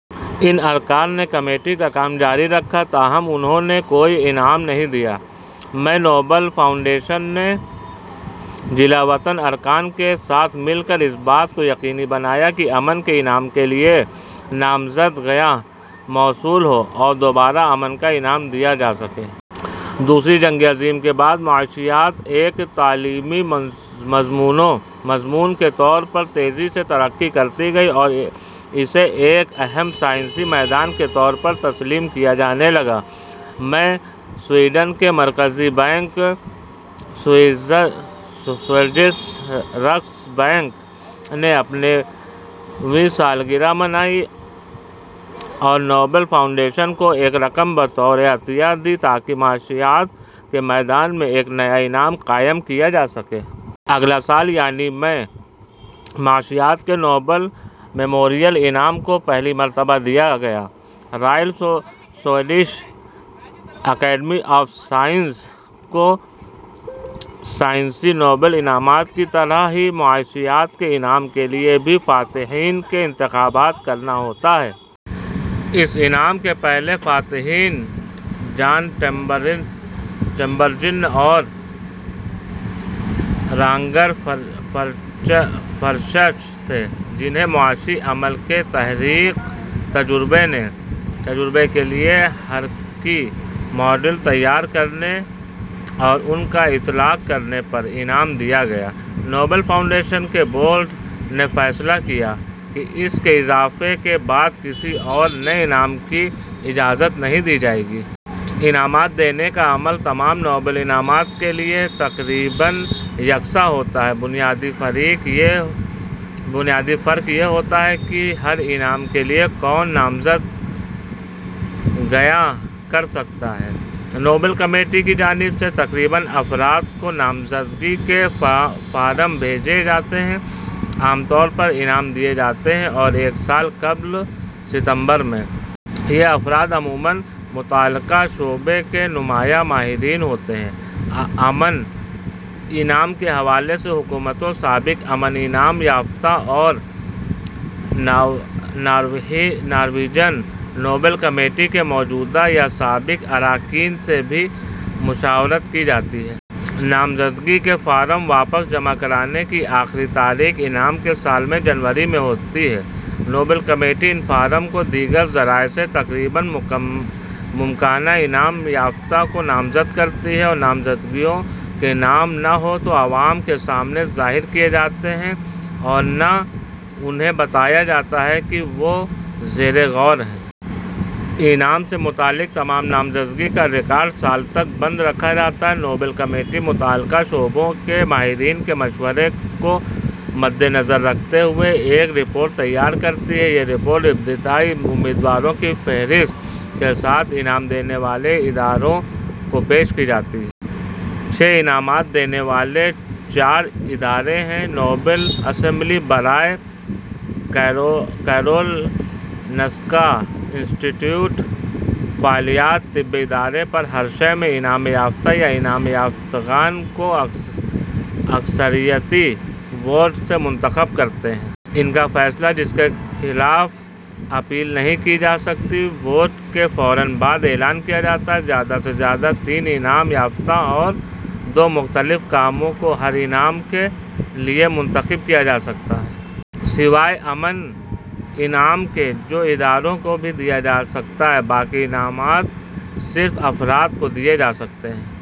ان ارکان نے کمیٹی کا کام جاری رکھا، تاہم انھوں نے کوئی انعام نہیں دیا۔ میں، نوبل فاؤنڈیشن نے جلا وطن ارکان کے ساتھ مل کر اس بات کو یقینی بنایا کہ امن کے انعام کے لیے نامزدگیاں موصول ہوں اور دوبارہ امن کا انعام دیا جا سکے۔ دوسری جنگ عظیم کے بعد، معاشیات ایک تعلیمی مضمون کے طور پر تیزی سے ترقی کرتی گئی اور اسے ایک اہم سائنسی میدان کے طور پر تسلیم کیا جانے لگا۔ میں، سویڈن کے مرکزی بینک " سیورجس رکس بینک " نے اپنی ویں سالگرہ منائی اور نوبل فاونڈیشن کو ایک رقم بطور عطیہ دی تاکہ معاشیات کے میدان میں ایک نیا انعام قائم کیا جا سکے۔ اگلے سال، یعنی میں، " معاشیات کے نوبل میموریل انعام " کو پہلی مرتبہ دیا گیا۔ " Royal Swedish Academy of Sciences " کو سائنسی نوبل انعامات کی طرح ہی معاشیات کے انعام کے لیے بھی فاتحین کا انتخاب کرنا ہوتا ہے۔ اس انعام کے پہلے فاتحین جان ٹنبرجن اور راگنرفرشچ تھے، جنھیں "معاشی عمل کے تجزیے کے لیے حرکی ماڈل تیار کرنے اور ان کا اطلاق کرنے" پر انعام دیا گیا۔ نوبل فاؤنڈیشن کے بورڈ نے فیصلہ کیا کہ اس اضافے کے بعد کسی اور نئے انعام کی اجازت نہیں دی جائے گی۔ انعامات دینے کا عمل تمام نوبل انعامات کے لیے تقریباً یکساں ہوتا ہے، بنیادی فرق یہ ہوتا ہے کہ ہر انعام کے لیے کون نامزدگیاں کر سکتا ہے۔ نوبل کمیٹی کی جانب سے تقریباً افراد کو نامزدگی کے فارم بھیجے جاتے ہیں، عام طور پر انعام دیے جانے سے ایک سال قبل ستمبر میں۔ یہ افراد عموماً متعلقہ شعبے کے نمایاں ماہرین ہوتے ہیں۔ امن انعام کے حوالے سے حکومتوں، سابق امن انعام یافتگان اور نارویجن نوبل کمیٹی کے موجودہ یا سابق اراکین سے بھی مشاورت کی جاتی ہے۔ نامزدگی کے فارم واپس جمع کرانے کی آخری تاریخ انعام کے سال میں جنوری ہوتی ہے۔ نوبل کمیٹی ان فارموں اور دیگر ذرائع سے تقریباً ممکنہ انعام یافتگان کو نامزد کرتی ہے۔ نامزدگیوں کے نام نہ تو عوام کے سامنے ظاہر کیے جاتے ہیں اور نہ انھیں بتایا جاتا ہے کہ وہ زیر غور ہیں۔ انعام سے متعلق تمام نامزدگی کا ریکارڈ سال تک بند رکھا جاتا ہے۔ نوبل کمیٹی متعلقہ شعبوں کے ماہرین کے مشورے کو مدنظر رکھتے ہوئے ایک رپورٹ تیار کرتی ہے۔ یہ رپورٹ، ابتدائی امیدواروں کی فہرست کے ساتھ، انعام دینے والے اداروں کو پیش کی جاتی ہے۔ چھ انعامات دینے والے چار ادارے ہیں:۔ نوبل اسمبلی برائے کیرولنسکا انسٹی ٹیوٹ – فعلیات / طب ادارے ہر شعبے میں انعام یافتہ یا انعام یافتگان کو اکثریتی ووٹ سے منتخب کرتے ہیں۔ ان کا فیصلہ، جس کے خلاف اپیل نہیں کی جا سکتی، ووٹ کے فوراً بعد اعلان کیا جاتا ہے۔ زیادہ سے زیادہ تین انعام یافتگان اور دو مختلف کاموں کو ہر انعام کے لیے منتخب کیا جا سکتا ہے۔ سوائے امن انعام کے، جو اداروں کو بھی دیا جا سکتا ہے، باقی انعامات صرف افراد کو دیے جا سکتے ہیں۔